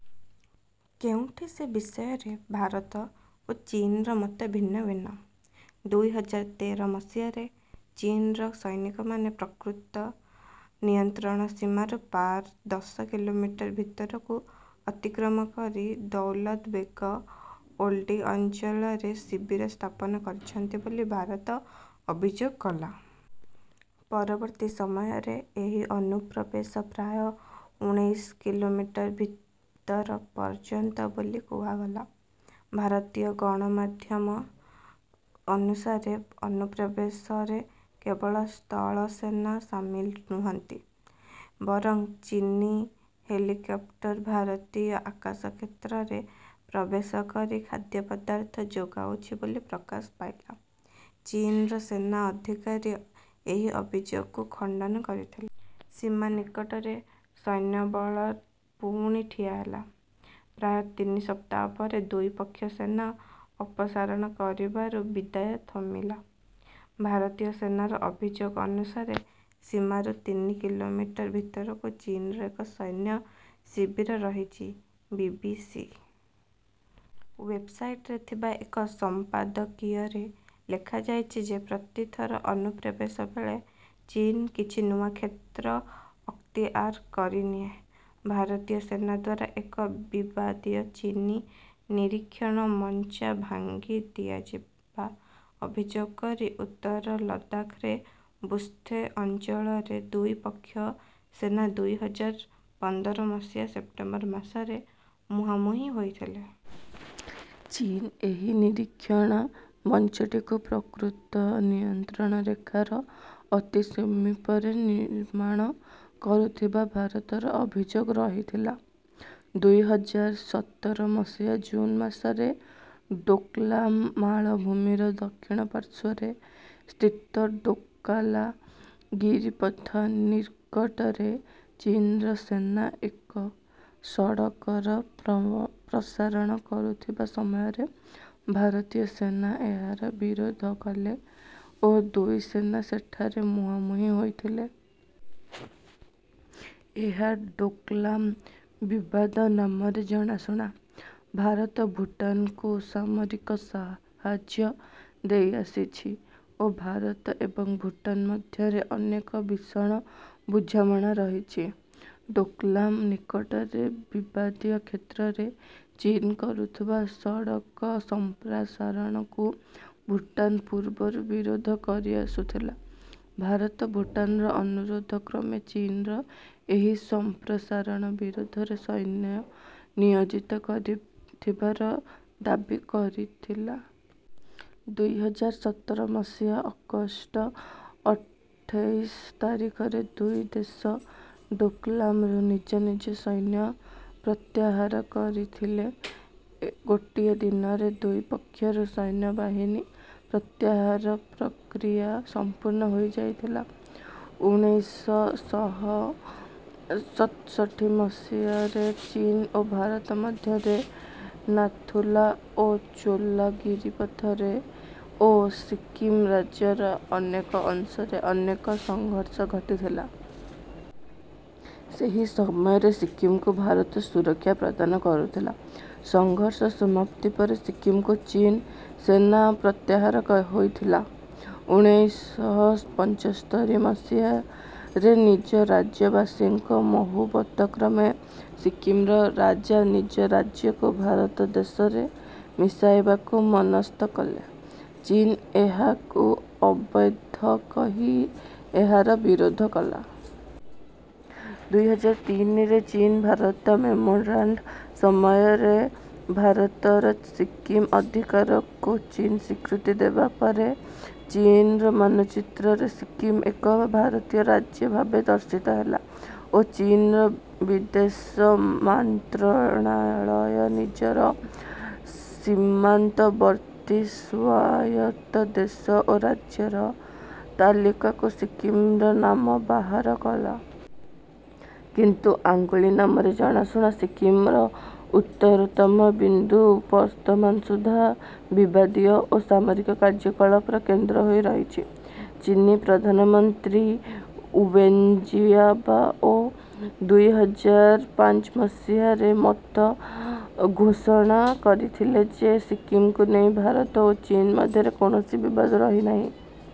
କେଉଁଟି ସେ ବିଷୟରେ ଭାରତ ଓ ଚୀନ୍‌ର ମତ ଭିନ୍ନ ଭିନ୍ନ। ଦୁଇ ହଜାର ତେର ମସିହାରେ ଚୀନ୍‌ର ସୈନିକମାନେ ପ୍ରକୃତ ନିୟନ୍ତ୍ରଣ ସୀମାରୁ ପାର୍ ଦଶ କିଲୋମିଟର ଭିତରକୁ ଅତିକ୍ରମ କରି ଦୌଲତ ବେଗ୍ ଓଲ୍ଡି ଅଞ୍ଚଳରେ ଶିବିର ସ୍ଥାପନା କରିଛନ୍ତି ବୋଲି ଭାରତ ଅଭିଯୋଗ କଲା। ପରବର୍ତ୍ତୀ ସମୟରେ ଏହି ଅନୁପ୍ରବେଶ ପ୍ରାୟ ଉଣେଇଶ କିଲୋମିଟର ଭିତର ପର୍ଯ୍ୟନ୍ତ ବୋଲି କୁହାଗଲା। ଭାରତୀୟ ଗଣମାଧ୍ୟମ ଅନୁସାରେ, ଅନୁପ୍ରବେଶରେ କେବଳ ସ୍ଥଳସେନା ସାମିଲ ନୁହନ୍ତି ବରଂ ଚୀନୀ ହେଲିକାପ୍ଟର ଭାରତୀୟ ଆକାଶ କ୍ଷେତ୍ରରେ ପ୍ରବେଶ କରି ଖାଦ୍ୟପଦାର୍ଥ ଯୋଗାଉଛି ବୋଲି ପ୍ରକାଶ ପାଇଲା। ଚୀନ୍‌ର ସେନା ଅଧିକାରୀ ଏହି ଅଭିଯୋଗକୁ ଖଣ୍ଡନ କରିଥିଲେ। ସୀମା ନିକଟରେ ସୈନ୍ୟବଳ ପୁଣି ଠିଆ ହେଲା। ପ୍ରାୟ ତିନି ସପ୍ତାହ ପରେ ଦୁଇ ପକ୍ଷ ସେନା ଅପସାରଣ କରିବାରୁ ବିଦାୟ ଥମିଲା। ଭାରତୀୟ ସେନାର ଅଭିଯୋଗ ଅନୁସାରେ ସୀମାରୁ ତିନି କିଲୋମିଟର ଭିତରକୁ ଚୀନ୍‌ର ଏକ ସୈନ୍ୟ ଶିବିର ରହିଛି। ବି. ବି. ସି. ୱେବ୍‌ସାଇଟରେ ଥିବା ଏକ ସମ୍ପାଦକୀୟରେ ଲେଖାଯାଇଛି ଯେ ପ୍ରତି ଥର ଅନୁପ୍ରେବେଶ ବେଳେ ଚୀନ୍ କିଛି ନୂଆ କ୍ଷେତ୍ର ଅକ୍ତିଆର କରିନିଏ। ଭାରତୀୟ ସେନା ଦ୍ୱାରା ଏକ ବିବାଦୀୟ ଚୀନୀ ନିରୀକ୍ଷଣ ମଞ୍ଚା ଭାଙ୍ଗିଦିଆଯିବା ଅଭିଯୋଗ କରି ଉତ୍ତର ଲଦାଖ୍‌ର ବୁର୍ସ୍ତେ ଅଞ୍ଚଳରେ ଦୁଇ ପକ୍ଷର ସେନା ଦୁଇ ହଜାର ପନ୍ଦର ମସିହା ସେପ୍ଟେମ୍ବର ମାସରେ ମୁହାଁମୁହିଁ ହୋଇଥିଲେ। ଚୀନ୍ ଏହି ନିରୀକ୍ଷଣ ମଞ୍ଚଟିକୁ ପ୍ରକୃତ ନିୟନ୍ତ୍ରଣ ରେଖାର ଅତି ସମୀପରେ ନିର୍ମାଣ କରୁଥିବା ଭାରତର ଅଭିଯୋଗ ରହିଥିଲା। ଦୁଇ ହଜାର ସତର ମସିହା ଜୁନ୍ ମାସରେ ଡୋକଲାମ୍ ମାଳଭୂମିର ଦକ୍ଷିଣ ପାର୍ଶ୍ୱରେ ସ୍ଥିତ ଡୋକା ଲା ଗିରିପଥ ନିକଟରେ ଚୀନ୍‌ର ସେନା ଏକ ସଡ଼କର ପ୍ରସାରଣ କରୁଥିବା ସମୟରେ ଭାରତୀୟ ସେନା ଏହାର ବିରୋଧ କଲେ ଓ ଦୁଇ ସେନା ସେଠାରେ ମୁହାଁମୁହିଁ ହୋଇଥିଲେ। ଏହା ଡୋକଲାମ୍ ବିବାଦ ନାମରେ ଜଣାଶୁଣା। ଭାରତ ଭୁଟାନ୍‌କୁ ସାମରିକ ସାହାଯ୍ୟ ଦେଇଆସିଛି ଓ ଭାରତ ଏବଂ ଭୁଟାନ୍ ମଧ୍ୟରେ ଅନେକ ବିଷଣ ବୁଝାମଣ ରହିଛି। ଡୋକଲାମ୍ ନିକଟରେ ବିବାଦୀୟ କ୍ଷେତ୍ରରେ ଚୀନ୍ କରୁଥିବା ସଡ଼କ ସମ୍ପ୍ରାସାରଣକୁ ଭୁଟାନ୍ ପୂର୍ବରୁ ବିରୋଧ କରିଆସୁଥିଲା। ଭାରତ ଭୁଟାନ୍‌ର ଅନୁରୋଧ କ୍ରମେ ଚୀନ୍‌ର ଏହି ସମ୍ପ୍ରସାରଣ ବିରୋଧରେ ସୈନ୍ୟ ନିୟୋଜିତ କରିଥିବାର ଦାବି କରିଥିଲା। ଦୁଇ ହଜାର ସତର ମସିହା ଅଗଷ୍ଟ ଅଠେଇଶ ତାରିଖରେ ଦୁଇ ଦେଶ ଡୋକଲାମ୍‌ରୁ ନିଜ ନିଜ ସୈନ୍ୟ ପ୍ରତ୍ୟାହାର କରିଥିଲେ। ଗୋଟିଏ ଦିନରେ ଦୁଇ ପକ୍ଷରୁ ସୈନ୍ୟବାହିନୀ ପ୍ରତ୍ୟାହାର ପ୍ରକ୍ରିୟା ସମ୍ପୂର୍ଣ୍ଣ ହୋଇଯାଇଥିଲା। ଉଣେଇଶ ଶହ ସତଷଠି ମସିହାରେ ଚୀନ୍ ଓ ଭାରତ ମଧ୍ୟରେ ନାଥୁ-ଲା ଓ ଚୋ-ଲ ଗିରିପଥରେ ଓ ସିକ୍କିମ୍ ରାଜ୍ୟର ଅନେକ ଅଂଶରେ ଅନେକ ସଂଘର୍ଷ ଘଟିଥିଲା। ସେହି ସମୟରେ ସିକ୍କିମ୍‌କୁ ଭାରତ ସୁରକ୍ଷା ପ୍ରଦାନ କରୁଥିଲା। ସଂଘର୍ଷ ସମାପ୍ତି ପରେ ସିକ୍କିମ୍‌କୁ ଚୀନୀ ସେନା ପ୍ରତ୍ୟାହାର ହୋଇଥିଲା। ଉଣେଇଶ ଶହ ପଚସ୍ତରୀ ମସିହାରେ ନିଜ ରାଜ୍ୟବାସୀଙ୍କ ବହୁମତ କ୍ରମେ ସିକ୍କିମ୍‌ର ରାଜା ନିଜ ରାଜ୍ୟକୁ ଭାରତ ଦେଶରେ ମିଶାଇବାକୁ ମନସ୍ଥ କଲେ। ଚୀନ୍ ଏହାକୁ ଅବୈଧ କହି ଏହାର ବିରୋଧ କଲା। ଦୁଇ ହଜାର ତିନିରେ ଚୀନ୍-ଭାରତ ମେମୋରାଣ୍ଡମ୍ ସମୟରେ ଭାରତର ସିକ୍କିମ୍ ଅଧିକାରକୁ ଚୀନ୍ ସ୍ୱୀକୃତି ଦେବା ପରେ ଚୀନ୍‌ର ମାନଚିତ୍ରରେ ସିକ୍କିମ୍ ଏକ ଭାରତୀୟ ରାଜ୍ୟ ଭାବେ ଦର୍ଶିତ ହେଲା ଓ ଚୀନ୍‌ର ବିଦେଶ ମାନ୍ତ୍ରଣାଳୟ ନିଜର ସୀମାନ୍ତବର୍ତ୍ତୀ ସ୍ୱାୟତ୍ତ ଦେଶ ଓ ରାଜ୍ୟର ତାଲିକାକୁ ସିକ୍କିମ୍‌ର ନାମ ବାହାର କଲା। କିନ୍ତୁ ଆଙ୍ଗୁଳି ନାମରେ ଜଣାଶୁଣା ସିକ୍କିମ୍‌ର ଉତ୍ତରତମ ବିନ୍ଦୁ ବର୍ତ୍ତମାନ ସୁଦ୍ଧା ବିବାଦୀୟ ଓ ସାମରିକ କାର୍ଯ୍ୟକଳାପର କେନ୍ଦ୍ର ହୋଇ ରହିଛି। ଚୀନୀ ପ୍ରଧାନମନ୍ତ୍ରୀ ୱେନ୍ ଜିଆବାଓ ଦୁଇ ହଜାର ପାଞ୍ଚ ମସିହାରେ ମତ ଘୋଷଣ କରିଥିଲେ ଯେ ସିକ୍କିମ୍‌କୁ ନେଇ ଭାରତ ଓ ଚୀନ୍ ମଧ୍ୟରେ କୌଣସି ବିବାଦ ରହିନାହିଁ।